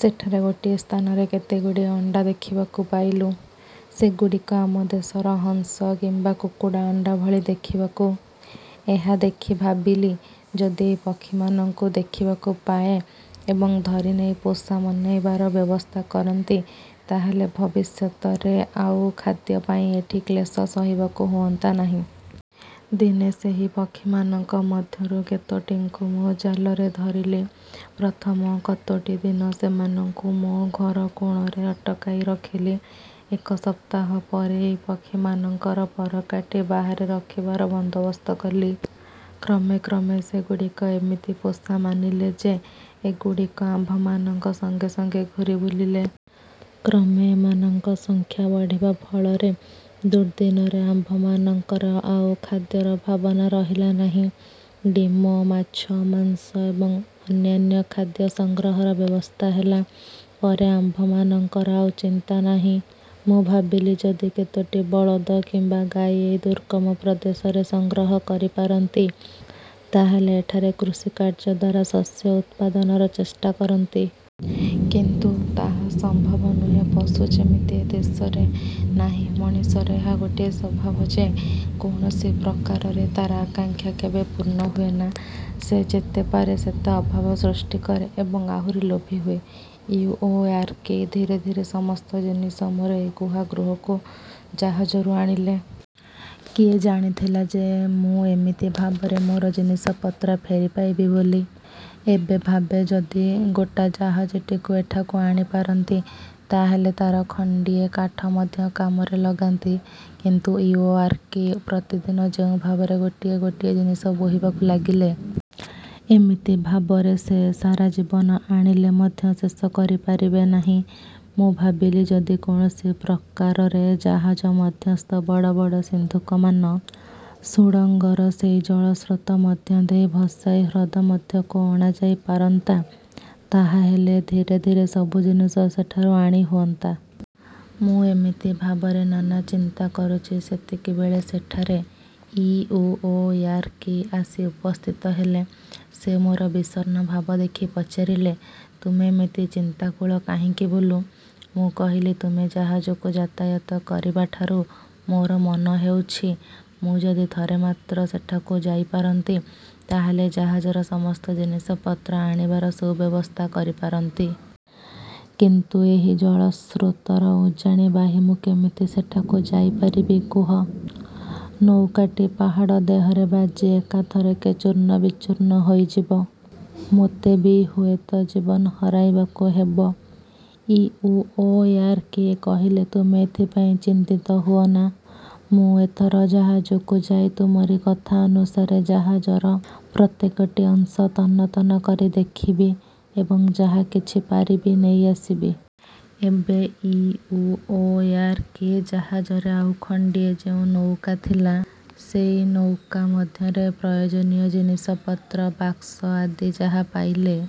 ସେଠାରେ ଗୋଟିଏ ସ୍ଥାନରେ କେତେଗୁଡ଼ିଏ ଅଣ୍ଡା ଦେଖିବାକୁ ପାଇଲୁଁ। ସେଗୁଡ଼ିକ ଆମ ଦେଶର ହଂସ କିମ୍ବା କୁକୁଡ଼ା ଅଣ୍ଡାଭଳି ଦେଖିବାକୁ। ଏହା ଦେଖି ଭାବିଲି, ଯଦି ଏଇ ପକ୍ଷୀମାନଙ୍କୁ ଦେଖିବାକୁ ପାଏଁ ଏବଂ ଧରି ନେଇ ପୋଷା ମନାଇବାର ବ୍ୟବସ୍ଥା କରନ୍ତି, ତାହାହେଲେ ଭବିଷ୍ୟତରେ ଆଉ ଖାଦ୍ୟପାଇଁ ଏଠି କ୍ଳେଶ ସହିବାକୁ ହୁଅନ୍ତା ନାହିଁ। ଦିନେ ସେହି ପକ୍ଷୀମାନଙ୍କ ମଧ୍ୟରୁ କେତୋଟିଙ୍କୁ ମୋ ଜାଲରେ ଧରିଲି। ପ୍ରଥମ କତୋଟି ଦିନ ସେମାନଙ୍କୁ ମୋ ଘର କୋଣରେ ଅଟକାଇ ରଖିଲି। ଏକ ସପ୍ତାହ ପରେ ଏଇ ପକ୍ଷୀମାନଙ୍କର ପର କାଟି ବାହାରେ ରଖିବାର ବନ୍ଦୋବସ୍ତ କଲି। କ୍ରମେ କ୍ରମେ ସେଗୁଡ଼ିକ ଏମିତି ପୋଷା ମାନିଲେ ଯେ, ଏଗୁଡ଼ିକ ଆମ୍ଭମାନଙ୍କ ସଙ୍ଗେ ସଙ୍ଗେ ଘୂରିବୁଲିଲେ। କ୍ରମେ ଏମାନଙ୍କ ସଂଖ୍ୟା ବଢ଼ିବା ଫଳରେ ଦୁର୍ଦ୍ଦିନରେ ଆମ୍ଭମାନଙ୍କର ଆଉ ଖାଦ୍ୟର ଭାବନା ରହିଲା ନାହିଁ। ଡିମ, ମାଛ, ମାଂସ ଏବଂ ଅନ୍ୟାନ୍ୟ ଖାଦ୍ୟ ସଂଗ୍ରହର ବ୍ୟବସ୍ଥା ହେଲା ପରେ ଆମ୍ଭମାନଙ୍କର ଆଉ ଚିନ୍ତା ନାହିଁ। ମୁଁ ଭାବିଲି, ଯଦି କେତୋଟି ବଳଦ କିମ୍ବା ଗାଈ ଏଇ ଦୁର୍ଗମ ପ୍ରଦେଶରେ ସଂଗ୍ରହ କରିପାରନ୍ତି ତାହାହେଲେ ଏଠାରେ କୃଷିକାର୍ଯ୍ୟଦ୍ୱାରା ଶସ୍ୟ ଉତ୍ପାଦନର ଚେଷ୍ଟା କରନ୍ତି। କିନ୍ତୁ। ତାହା ସମ୍ଭବ ନୁହେଁ, ପଶୁ ଯେମିତି ଏ ଦେଶରେ ନାହିଁ। ମଣିଷର ଏହା ଗୋଟିଏ ସ୍ୱଭାବ ଯେ, କୌଣସି ପ୍ରକାରରେ ତା'ର ଆକାଂକ୍ଷା କେବେ ପୂର୍ଣ୍ଣ ହୁଏନା। ସେ ଯେତେ ପାରେ ସେତେ ଅଭାବ ସୃଷ୍ଟି କରେ ଏବଂ ଆହୁରି ଲୋଭୀ ହୁଏ। ଇଉଓୟାରକି ଧୀରେ ଧୀରେ ସମସ୍ତ ଜିନିଷ ମୋର ଏଇ ଗୁହା ଗୃହକୁ ଜାହାଜରୁ ଆଣିଲେ। କିଏ ଜାଣିଥିଲା ଯେ ମୁଁ ଏମିତି ଭାବରେ ମୋର ଜିନିଷପତ୍ର ଫେରି ପାଇବି ବୋଲି। ଏବେ ଭାବେ, ଯଦି ଗୋଟା ଜାହାଜଟିକୁ ଏଠାକୁ ଆଣିପାରନ୍ତି, ତାହାହେଲେ ତା'ର ଖଣ୍ଡିଏ କାଠ ମଧ୍ୟ କାମରେ ଲଗାନ୍ତି-। କିନ୍ତୁ ଇଉଓୟାରକି ପ୍ରତିଦିନ ଯେଉଁ ଭାବରେ ଗୋଟିଏ ଗୋଟିଏ ଜିନିଷ ବୋହିବାକୁ ଲାଗିଲେ। ଏମିତି ଭାବରେ ସେ ସାରା ଜୀବନ ଆଣିଲେ ମଧ୍ୟ ଶେଷ କରିପାରିବେ ନାହିଁ। ମୁଁ ଭାବିଲି ଯଦି କୌଣସି ପ୍ରକାରରେ ଜାହାଜ ମଧ୍ୟସ୍ଥ ବଡ଼ ବଡ଼ ସିନ୍ଦୁକମାନ ସୁଡ଼ଙ୍ଗର ସେଇ ଜଳସ୍ରୋତ ମଧ୍ୟ ଦେଇ ଭସାଇ ହ୍ରଦ ମଧ୍ୟକୁ ଅଣାଯାଇ ପାରନ୍ତା, ତାହାହେଲେ ଧୀରେ ଧୀରେ ସବୁ ଜିନିଷ ସେଠାରୁ ଆଣି ହୁଅନ୍ତା। ମୁଁ ଏମିତି ଭାବରେ ନାନା ଚିନ୍ତା କରୁଛି, ସେତିକିବେଳେ ସେଠାରେ ଇଉଓୟାରକି ଆସି ଉପସ୍ଥିତ ହେଲେ। ସେ ମୋର ବିଷଣ୍ଣ ଭାବ ଦେଖି ପଚାରିଲେ, ''ତୁମେ ଏମିତି ଚିନ୍ତାକୁଳ କାହିଁକି ବୁଲୁ? '' ମୁଁ କହିଲି, ''ତୁମେ ଜାହାଜକୁ ଯାତାୟାତ କରିବାଠାରୁ ମୋର ମନେହେଉଛି, ମୁଁ ଯଦି ଥରେ ମାତ୍ର ସେଠାକୁ ଯାଇପାରନ୍ତି, ତାହାହେଲେ ଜାହାଜର ସମସ୍ତ ଜିନିଷପତ୍ର ଆଣିବାର ସୁବ୍ୟବସ୍ଥା କରିପାରନ୍ତି। କିନ୍ତୁ ଏହି ଜଳସ୍ରୋତର ଉଜାଣି ବାହି ମୁଁ କେମିତି ସେଠାକୁ ଯାଇପାରିବି କୁହ? ନୌକାଟି ପାହାଡ଼ ଦେହରେ ବାଜି ଏକାଥରକେ ଚୂର୍ଣ୍ଣ ବିଚୂର୍ଣ୍ଣ ହୋଇଯିବ। ମୋତେ ବି ହୁଏତ ଜୀବନ ହରାଇବାକୁ ହେବ। ଇଉଓୟାରକି କହିଲେ, ''ତୁମେ ଏଥିପାଇଁ ଚିନ୍ତିତ ହୁଅନା। ମୁଁ ଏଥର ଜାହାଜକୁ ଯାଇ ତୁମରି କଥାନୁସାରେ ଜାହାଜର ପ୍ରତ୍ୟେକଟି ଅଂଶ ତନ୍ନ ତନ୍ନ କରି ଦେଖିବି ଏବଂ ଯାହା କିଛି ପାରିବି ନେଇଆସିବି। ଏବେ ଇଉଓୟାରକି ଜାହାଜରେ ଆଉ ଖଣ୍ଡିଏ ଯେଉଁ ନୌକା ଥିଲା, ସେଇ ନୌକା ମଧ୍ୟରେ ପ୍ରୟୋଜନୀୟ ଜିନିଷପତ୍ର, ବାକ୍ସ ଆଦି ଯାହା ପାଇଲେ